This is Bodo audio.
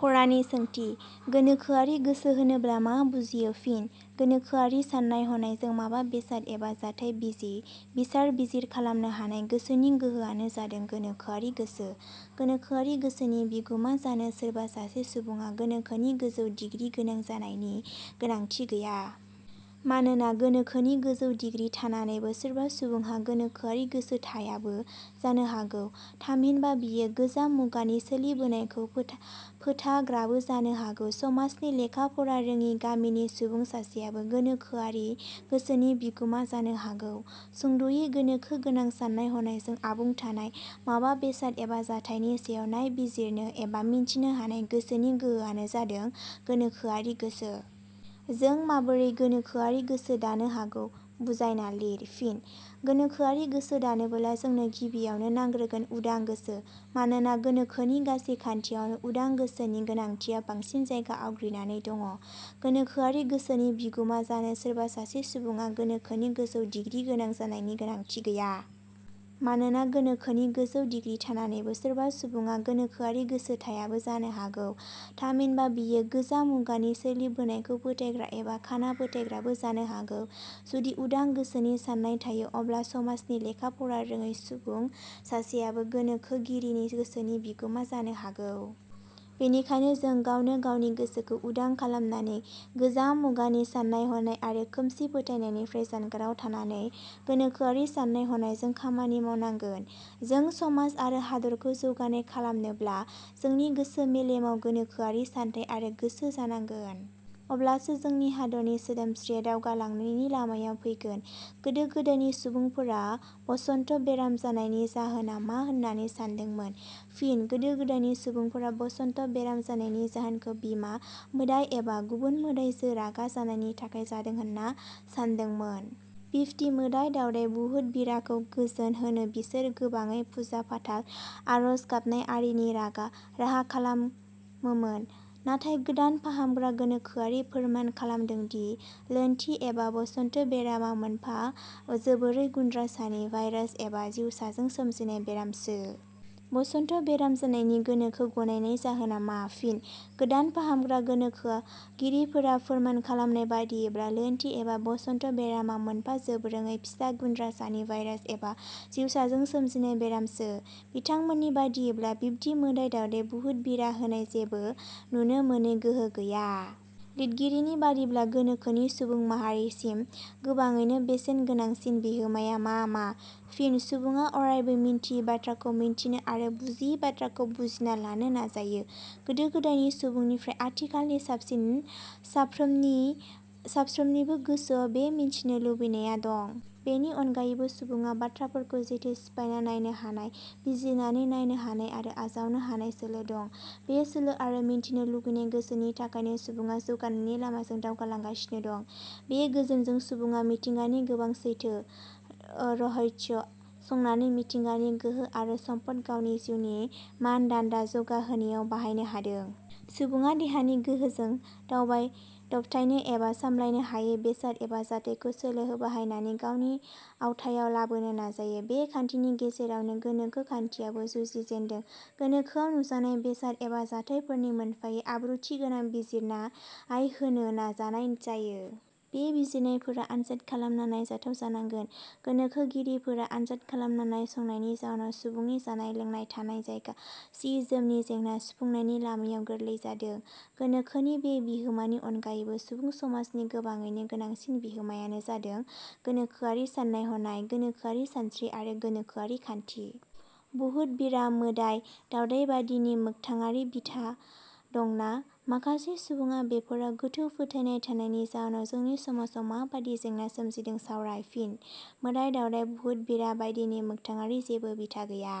फरानि सोंथि:. गोनोखोआरि गोसो होनोब्ला मा बुजियो? फिन: गोनोखोगोनां साननाय हनायजों माबा बेसाद एबा जाथाइ बिसार-बिजिर खालामनो हानाय गोसोनि गोहोआनो जादों गोनोखोआरि गोसो। गोनोखोआरि गोसोनि बिगुमा जानो सोरबा सासे सुबुङा गोनोखोनि गोजौ डिग्रि गोनां जानायनि गोनांथि गैया। मानोना गोनोखोनि गोजौ डिग्रि थानानैबो सोरबा सुबुंहा गोनोखोआरि गोसो थायाबो जानो हागौ, थामहिनबा बेयो गोजाम मुगानि सोलिबोनायखौ फोथाग्राबो जानो हागौ। समाजनि लेखाफरा रोङि, गामिनि सुबुं सासेयाबो गोनोखोआरि गोसोनि बिगुमा जानो हागौ। सुंद'यै गोनोखोगोनां साननाय-हनायजों आबुं थानाय, माबा बेसाद एबा जाथायनि सायाव नायबिजिरनो एबा मिथिनो हानाय गोसोनि गोहोआनो जादों गोनोखोआरि गोसो।. जों माबोरै गोनोखोआरि गोसो दानो हागौ बुजायना लिर। फिन: गोनोखोआरि गोसो दानोब्ला जोंनों गिबियावनो नांग्रोगोन उदां गोसो। मानोना गोनोखोनि गासै खान्थियावनो उदां गोसोनि गोनांथिया बांसिन जायगा आवग्रिनानै दङ'। गोनोखोआरि गोसोनि बिगुमा जानो सोरबा सासे सुबुङा गोनोखोनि गोजौ डिग्रिगोनां जानायनि गोनांथि गैया। मानोना गोनोखोनि गोजौ दिग्रि थानानैबो सोरबा सुबुङा गोनोखोआरि गोसो थायाबो जानो हागौ। थामहिनबा बियो गोजाम मुगानि सोलिबोनायखौ फोथायग्रा एबा खाना फोथायग्राबो जानो हागौ। जुदि उदां गोसोनि साननाय थायो अब्ला समाजनि लेखा फरा रोङै सुबुं सासेयाबो गोनोखोगिरिनि गोसोनि बिगुमा जानो हागौ। बिनिखायनो जों गावनो गावनि गोसोखौ उदां खालामनानै गोजाम मुगानि साननाय हनाय आरो खोमसि फोथायनायनिफ्राय जानगाराव थानानै गोनोखोआरि साननाय हनायजों खामानि मावनांगोन। जों समाज आरो हादरखौ जौगानाय खालामनोब्ला जोंनि गोसो मेलेमाव गोनोखोआरि सानथाइ आरो गोसो जानांगोन। अब्लासो जोंनि हादरनि सोदोमस्रिया दावगालांनायनि लामायाव फैगोन।. गोदो गोदायनि सुबुंफोरा बसन्त बेराम जानायनि जाहोना मा होननानै सान्दोंमोन? फिन: गोदो गोदायनि सुबुंफोरा बसन्त बेराम जानायनि जाहोन खौ बिमा मोदाइ एबा गुबुन मोदाइजो रागा जानायनि थाखाय जादों होनना सानदोंमोन। बिब्दि मोदाइ दावदाइ – बहुत-बिराखौ गोजोन होनो बिसोर गोबाङै फुजा-फाथाल, आरज गाबनाय आरिनि राहा खालामोमोन। नाथाय गोदान फाहामग्रा गोनोखोगिरिया फोरमान खालामदोंदि लोन्थि एबा बसन्त बेरामा मोनफा जोबोरै गुन्द्रासानि भाइरास एबा जिवसाजों सोमजिनाय बेरामसो।. बसन्त बेराम जानायनि गोनोखो गनायनाय जाहोना मा? फिन: गोदान फाहामग्रा गोनोखोगिरिफोरा फोरमान खालामनाय बादियैब्ला लोन्थि एबा बसन्त बेरामा मोनफा जोबोरै फिसा गुन्द्रसानि भाइरास एबा जिवसाजों सोमजिनाय बेरामसो। बिथांमोननि बादियैब्ला बिब्दि मोदाइ दावदाइ, बुहुत-बिरा होननाय जेबो नुनो मोनै गोहो गैया।. लिरगिरिनि बादिब्ला, गोनोखोनि सुबुं माहारिसिम गोबाङैनो बेसेन गोनांसिन बिहोमाया मा मा? फिन: सुबुङा अरायबो मिथियि बाथ्राखौ मिथिनो आरो बुजियि बाथ्राखौ बुजिना लानो नाजायो। गोदो गोदायनि सुबुंनिफ्राइ आथिखालनि सुबुंसिम साफ्रोमनिबोगोसोआव बे मिथिनो लुबैनाया दं। बेनि अनगायैबो सुबुङा बाथ्राफोरखौ जेथो सिफायना नायनो हानाय, बिजिरनानै नायनो हानाय आरो आजावनो हानाय सोलो दं। बे सोलो आरो मिथिनो लुबैनाय गोसोनि थाखायनो सुबुङा जौगानायनि लामाजों दावगालांगासिनो दं। बे गोहोजोंनो सुबुङा मिथिंगानि गोबां सैथो, रहस्य संनानै मिथिंगानि गोहो आरो सम्पद गावनि जिउनि मानदान्दा जौगा होनायाव बाहायनो हादों। सुबुडा देहानि गोहोजों दबथायनो एबा सामलायनो हायै बेसाद एबा जाथाइखौ सोलो बाहायनानै गावनि आवथायाव लाबोनो नाजायो। बे खान्थिनि गेजेरावनो गोनोखो खान्थियाबो जुजिजेनदों। गोनोखोआव नुनाय बेसाद एवा जाथाइफोरनि मोनफायै आब्रुथि गोनां बिजिरनाय होनो नाजानाय जायो। बे बिजिरनायफोरा आनजाद खालामना नायजाथाव जानांगोन। गोनोखोगिरिफोरा आनजाद खालामना नायसंनायनि जाउनाव सुबुंनि जानाय-लोंनाय, थानाय, जायगा, सि-जोमनि जेंना सुफुंनायनि लामाया गोरलै जादों। गोनोखोनि बे बिहोमानि अनगायैबो सुबुं समाजनि गोबाङैनो गोनांसिन बिहोमाया जादों– गोनोखोआरि साननाय हनाय, गोनोखोआरि सानस्रि, आरो गोनोखोआरि खान्थि।. बुहुत-बिरा, मोदाइ दावदाइ बायदिनि मोखथाङारि बिथा दंना? माखासे सुबुडा बेफोराव गोथौ फोथायनाय थानायनि जाउनाव जोंनि समाजाव माबादि जेंना सोमज़िदों सावराय। फिन: मोदाइ-दावदाय, बुहुत-बिरा बायदिनि मोगथाङारि जेबो बिथा गैया।